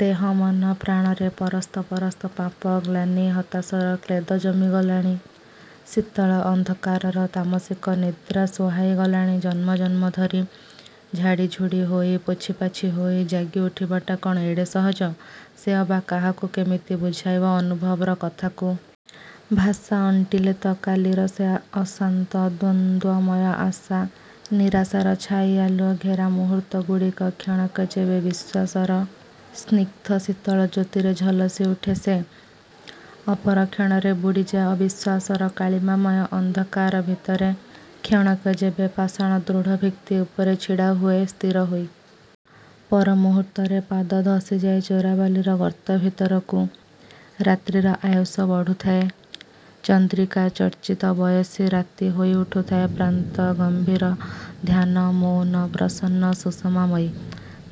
ଦେହ ମନ ପ୍ରାଣରେ ପରସ୍ତ ପରସ୍ତ ପାପ ଗ୍ଳାନୀ ହତାସାର କ୍ଳେଦ ଜମି ଗଲାଣି! ଶୀତଳ ଅନ୍ଧକାରର ତାମଶିକ– ନିଦ୍ରାସୁଖ ସୁହାଇ ଗଲାଣି ଜନ୍ମ ଜନ୍ମ ଧରି। ଝାଡ଼ି ଝୁଡ଼ି ହୋଇ, ପୋଛି ପାଛି ହୋଇ ଯାଗି ଉଠିବାଟା, କ'ଣ ଏଡ଼େ ସହଜ? ସେ ଅବା କାହାକୁ କେମିତି ବୁଝାଇବ ଅନୁଭବର କଥାକୁ? ଭାଷା ଅଣ୍ଟିଲେତ! କାଲିର ସେ ଅଶାନ୍ତ ଦ୍ୱନ୍ଦ୍ୱମୟ ଆଶା। ନିରାଶାର ଛାଈ ଆଲୁଅ ଘେରା ମୁହୂର୍ତ୍ତ ଗୁଡ଼ିକ, କ୍ଷଣକେ ଯେବେ ବିଶ୍ୱାସର ସ୍ନିଗ୍ଧ ଶୀତଳ ଜ୍ୟୋତିରେ ଝଲସି ଉଠେ ସେ! ଅପର କ୍ଷଣରେ ବୁଡ଼ିଯାଏ ଅବିଶ୍ୱାସର କାଳିମାମୟ ଅନ୍ଧାର ଭିତରେ। କ୍ଷଣକେ ଯେବେ ପାଷାଣ ଦୃଢ଼ ଭିତ୍ତି ଉପରେ ଛିଡ଼ା ହୁଏ ସ୍ଥିର ହୋଇ! ପର ମୁହୂର୍ତ୍ତରେ ପାଦ ଧସି ଯାଏ ଚୋରା ବାଲିର ଗର୍ତ୍ତ ଭିତରକୁ-। ରାତ୍ରିର ଆୟୁଷ ବଢ଼ୁଥାଏ ଚନ୍ଦ୍ରିକା ଚର୍ଚ୍ଚିତ ବୟସୀ ରାତ୍ରି ହୋଇ ଉଠୁଥାଏ ପ୍ରସାନ୍ତ ଗମ୍ଭୀର, ଧ୍ୟାନ-ମୌନ, ପ୍ରସନ୍ନ-ସୁଷମାମୟୀ।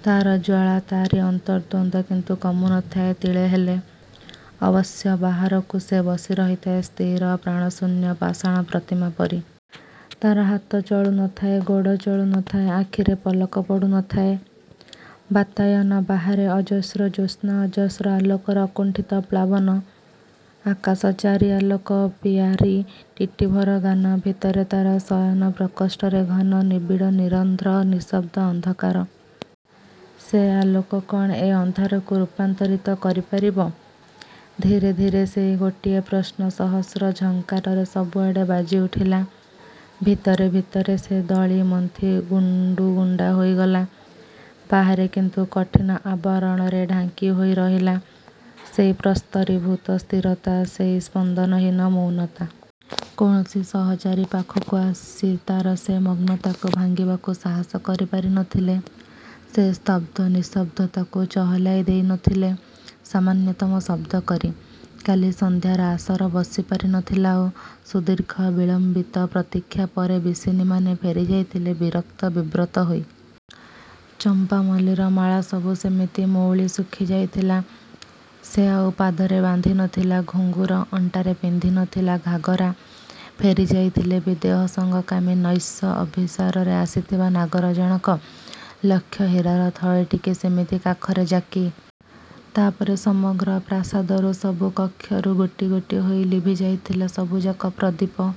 ତା'ର ଜ୍ୱାଳା, ତା'ରି ଅନ୍ତଦ୍ୱନ୍ଦ୍ୟ କିନ୍ତୁ କମୁ ନଥାଏ ତିଳେ ହେଲେ। ଅବସ୍ୟ ବାହାରକୁ, ସେ ବସି ରହିଥାଏ ସ୍ଥିର ପ୍ରାଣଶୂନ୍ୟ ପାଷାଣ ପ୍ରତିମା ପରି। ତା'ର ହାତ ଚଳୁ ନଥାଏ, ଗୋଡ଼ ଚଳୁ ନଥାଏ, ଆଖିରେ ପଲକ ପଡ଼ୁ ନଥାଏ। ବାତାୟନ ବାହାରେ ଅଜସ୍ର ଜ୍ୟୋତ୍ସ୍ନା ଅଜସ୍ର ଆଲୋକର ଅକୁଣ୍ଠିତ ପ୍ଳାବନ! ଆକାଶ-ଚାରି ଆଲୋକ ପିୟାରି ଟିଟିଭର ଗାନ। ଭିତରେ ତା'ର ଶୟନ ପ୍ରକୋଷ୍ଟରେ ଘନ ନିବିଡ଼ ନିରନ୍ଧ୍ର ନିଃଶବ୍ଦ ଅନ୍ଧକାର। ସେ ଆଲୋକ କ'ଣ ଏ ଅନ୍ଧାରକୁ ରୂପାନ୍ତରିତ କରି ପାରିବ-? ଧୀରେ ଧୀରେ ସେଇ ଗୋଟିଏ ପ୍ରଶ୍ନ ସହସ୍ର ଝଙ୍କାରରେ, ସବୁ ଆଡ଼େ ବାଜି ଉଠିଲା। ଭିତରେ ଭିତରେ ସେ ଦଳି ମନ୍ଥି ଗୁଣ୍ଡୁ, ଗୁଣ୍ଡା ହୋଇଗଲା। ବାହାରେ କିନ୍ତୁ କଠିନ ଆବରଣରେ ଢାଙ୍କି ହୋଇ ରହିଲା, ସେଇ ପ୍ରସ୍ତରିଭୂତ ସ୍ଥିରତା, ସେଇ ସ୍ପନ୍ଦନହୀନ ମୌନତା। କୌଣସି ସହଚରୀ ପାଖକୁ ଆସି, ତା'ର ସେ ମଗ୍ନତାକୁ ଭାଙ୍ଗିବାକୁ ସାହସ କରି ପାରି ନଥିଲେ। ସେ ସ୍ତବ୍ଧ–ନିସ୍ତବ୍ଧତାକୁ ଚହଲାଇ ଦେଇ ନଥିଲେ, ସାମାନ୍ୟତମ ଶବ୍ଦ କରି। କାଲି ସନ୍ଧ୍ୟାର ଆସର ବସି ପାରିନଥିଲା ଆଉ। ସୁଦୀର୍ଘ ବିଳମ୍ୱିତ ପ୍ରତୀକ୍ଷା ପରେ ବିଶିନୀମାନେ ଫେରି ଯାଇଥିଲେ ବିରକ୍ତ ବିବ୍ରତ ହୋଇ। ଚମ୍ପା ମଲ୍ଲୀର ମାଳା ସବୁ ସେମିତି ମଉଳି ସୁଖି ଯାଇଥିଲା। ସେ ଆଉ ପାଦରେ ବାନ୍ଧି ନଥିଲା ଘୁଙ୍ଗୁର, ଅଣ୍ଟାରେ ପିନ୍ଧି ନଥିଲା ଘାଘରା। ଫେରି ଯାଇଥିଲେ ବି ଦେହ ସଙ୍ଗ-କାମୀ, ନୈଶ ଅଭିଶାରରେ ଆସିଥିବା ନାଗର ଜଣକ! ଲକ୍ଷହୀରାର ଥଳୀଟିକି ସେମିତି କାଖରେ ଯାକି। ତା'ପରେ ସମଗ୍ର ପ୍ରସାଦରୁ ସବୁ କକ୍ଷରୁ, ଗୋଟି ଗୋଟି ହୋଇ ଲିଭିଯାଇଥିଲା ସବୁଯାକ ପ୍ରଦୀପ।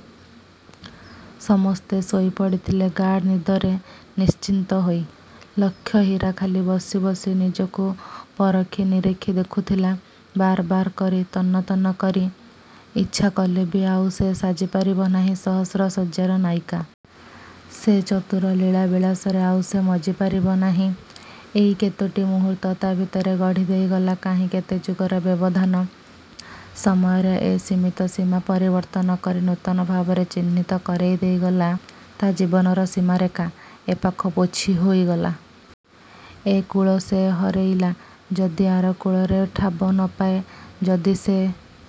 ସମସ୍ତେ ଶୋଇ ପଡ଼ିଥିଲେ ଗାଢ଼ ନିଦରେ, ନିଶ୍ଚିନ୍ତ ହୋଇ। ଲକ୍ଷହୀରା ଖାଲି ବସି ବସି ନିଜକୁ ପରଖି ନିରେଖି ଦେଖୁଥିଲା, ବାର ବାର କରି, ତନ୍ନ ତନ୍ନ କରି। ଇଚ୍ଛା କଲେ ବି ଆଉ ସେ ସାଜି ପାରିବ ନାହିଁ ସହସ୍ର ଶଯ୍ୟାର ନାୟୀକା। ସେ ଚତୁର-ଲୀଳା ବିଳାସରେ ଆଉ ସେ ମଜ୍ଜି ପାରିବ ନାହିଁ। ଏଇ କେତୋଟି ମୁହୂର୍ତ୍ତ, ତା' ଭିତରେ ଗଢ଼ି ଦେଇଗଲା, କାହିଁ କେତେ ଯୁଗର ବ୍ୟବଧାନ। ସମୟର ଏ ସିମିତ ସୀମା ପରିବର୍ତ୍ତନ କରି, ନୂତନଭାବେ ଚିହ୍ନିତ କରିଦେଇ ଗଲା, ତା' ଜୀବନର ସୀମାରେଖା। ଏପାଖ ପୋଛି ହୋଇଗଲା! ଏ କୁଳ ସେ ହରେଇଲା ଯଦି ଆର କୁଳରେ ଠାବ ନ ପାଏ? ଯଦି ସେଇ